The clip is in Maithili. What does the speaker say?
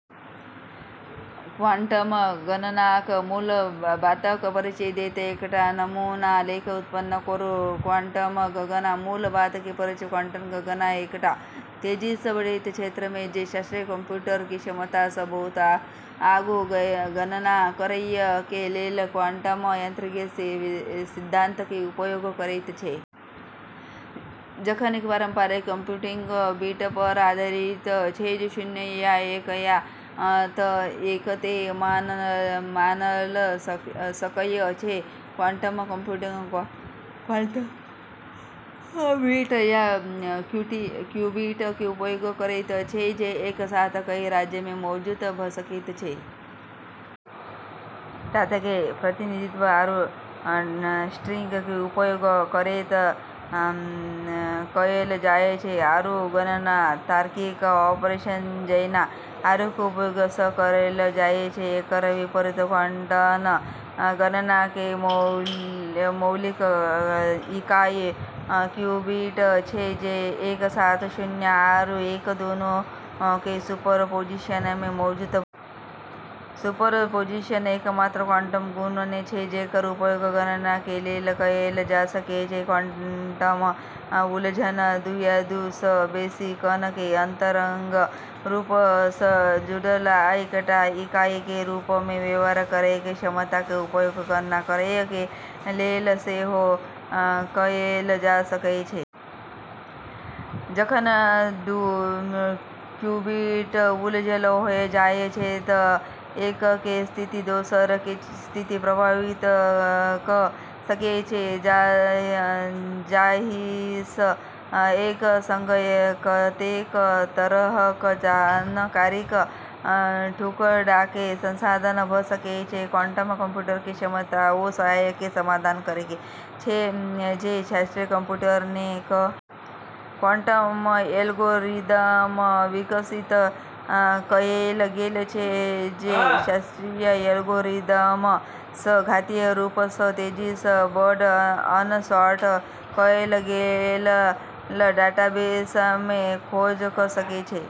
क्वांटम गणनाक मूल बातक परिचय दैत एकटा नमूना लेख उत्पन्न करू :- क्वांटम गणना: मूल बात के परिचय क्वांटम गणना एकटा तेजी सँ बढ़ैत क्षेत्र छै जे शास्त्रीय कंप्यूटर के क्षमता सँ बहुत आगू गणना करय के लेल क्वांटम यांत्रिकी के सिद्धांत के उपयोग करैत छै। जखन कि पारंपरिक कंप्यूटिंग बिट पर आधारित छै जे शून्य या एक या तऽ एक के मान लऽ सकय छै, क्वांटम कंप्यूटिंग क्वांटम बिट, या क्यूबिट के उपयोग करैत छै, जे एक साथ कई राज्य में मौजूद भऽ सकैत छै। डाटा के प्रतिनिधित्व आरू स्ट्रिंग के उपयोग करैत कएल जाय छै, आरू गणना तार्किक ऑपरेशन जैना, आरू के उपयोग सँ करल जाय छै। एकर विपरीत क्वांटम गणना के मौलिक इकाई क्यूबिट छै, जे एक साथ शून्य आरू एक दूनू के सुपरपोजिशन में मौजूद भ' सकै छै। सुपरपोजिशन एकमात्र क्वांटम गुण नै छै जेकर उपयोग गणना के लेल कएल जा सकै छै। क्वांटम उलझन – दू या दू सँ बेसी कण के अंतरंग रूप सँ जुड़ल आ एकटा इकाई के रूप में व्यवहार करय के क्षमता - के उपयोग गणना करय के लेल सेहो कएल जा सकय छै। जखन दू क्यूबिट उलझल होय जाय छै तऽ एक के स्थिति दोसर के स्थिति प्रभावित क' सकै छै, जाहिसँ एक संग कतेक तरहक जानकारीक टुकड़ाके संसाधन भ' सकै छै। क्वांटम कंप्यूटर के क्षमता ओ समस्याके समाधान करैके छै जे शास्त्रीय कंप्यूटर नै क' सकै छै। क्वांटम एल्गोरिदम विकसित कएल गेल छै जे शास्त्रीय एल्गोरिदम सँ घातीय रूप सँ तेजी सँ बड़, अनसॉर्ट कएल गेल डाटाबेस में खोज क' सकै छै।